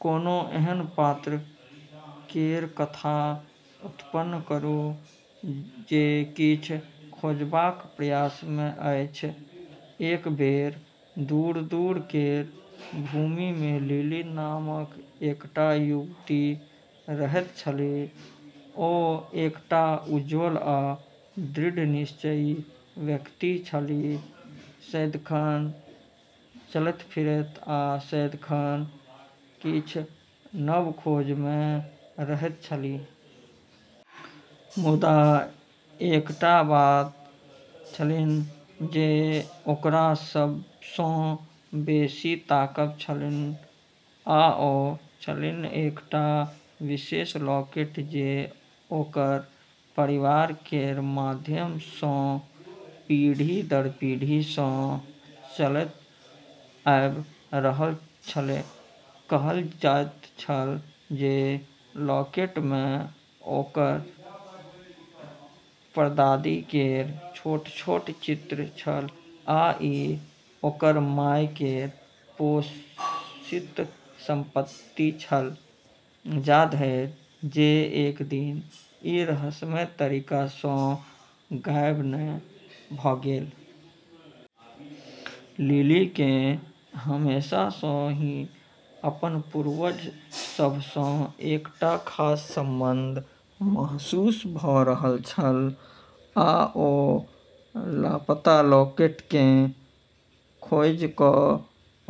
कोनो एहन पात्र केर कथा उत्पन्न करू जे किछु खोजबाक प्रयास मे अछि। एक बेर दूर-दूर केर भूमि मे लिली नामक एकटा युवती रहैत छलीह। ओ एकटा उज्ज्वल आ दृढ़ निश्चयी व्यक्ति छलीह, सदिखन चलैत-फिरैत आ सदिखन किछु नव खोज मे रहैत छलीह। मुदा एकटा बात छलन्हि जे ओकरा सब सँ बेसी ताकब छलन्हि आ ओ छलन्हि एकटा विशेष लॉकेट जे ओकर परिवार केर माध्यम सँ पीढ़ी-दर-पीढ़ी सँ चलैत आबि रहल छलैक। कहल जाइत छल जे लॉकेट मे ओकर परदादी केर छोट-छोट चित्र छल आ ई ओकर माय केर पोषित संपत्ति छल, जाधरि जे एक दिन ई रहस्यमय तरीका सँ गायब नहि भऽ गेल। लिली केँ हमेशा सँ ही अपन पूर्वज सभ सँ एकटा खास संबंध महसूस भऽ रहल छल आ ओ लापता लॉकेट केँ खोजि कऽ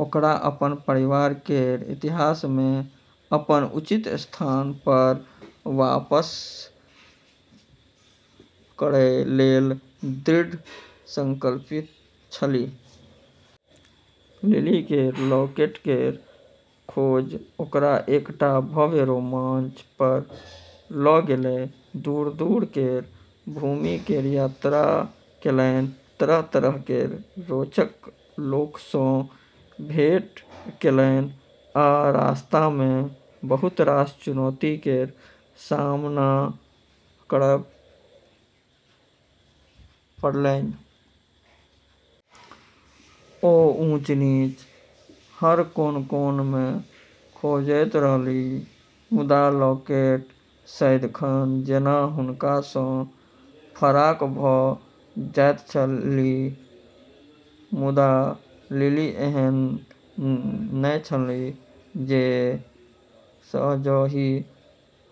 ओकरा अपन परिवार केर इतिहास मे अपन उचित स्थान पर वापस करै लेल दृढ़ संकल्पित छलीह। लिली केर लॉकेट केर खोज ओकरा एकटा भव्य रोमांच पर लऽ गेलै। दूर-दूर केर भूमि केर यात्रा केलनि, तरह-तरह केर रोचक लोक सँ भेंट केलनि, आ रास्ता मे बहुत रास चुनौती केर सामना करब पड़लन्हि। ओ ऊँच-नीच, हर कोन-कोन मे खोजैत रहलीह, मुदा लॉकेट सदिखन जेना हुनका सँ फराक भऽ जाइत छलन्हि। मुदा लिली एहन नहि छलीह जे सहजहि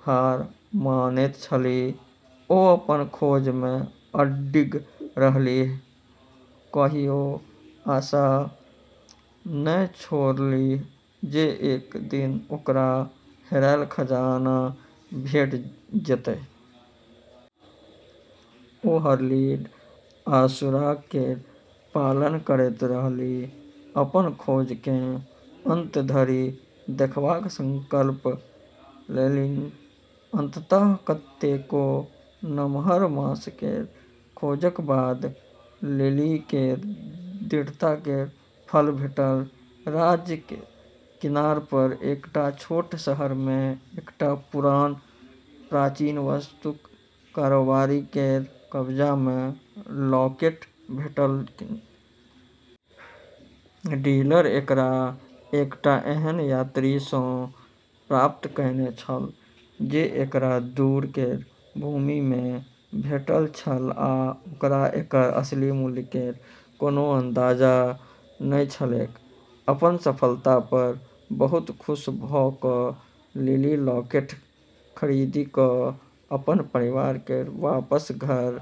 हार मानैत छलीह। ओ अपन खोज मे अडिग रहलीह, कहियो आशा नहि छोड़लीह जे एक दिन ओकरा हेरायल खजाना भेटि जेतै। ओ हर लीड आ सुराग केर पालन करैत रहलीह, अपन खोज केँ अंत धरि देखबाक संकल्प लेलन्हि। अंततः कतेको नमहर मास केर खोजक बाद लिली केर दृढ़ता केर फल भेटल। राज्य केर किनार पर एकटा छोट शहर मे एकटा पुरान प्राचीन वस्तुक कारोबारी केर कब्जा मे लॉकेट भेटलन्हि। डीलर एकरा एकटा एहन यात्री सँ प्राप्त कएने छल जे एकरा दूर केर भूमि मे भेटल छल आ ओकरा एकर असली मूल्य केर कोनो अंदाजा नहि छलैक। अपन सफलता पर बहुत खुश भऽ कऽ लिली लॉकेट खरीदी कऽ अपन परिवार केर पास घर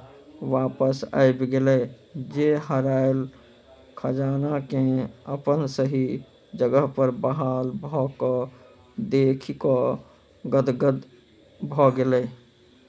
वापस आबि गेलै, जे हेरायल खजाना केँ अपन सही जगह पर बहाल भऽ कऽ देखि कऽ गदगद भऽ गेलै।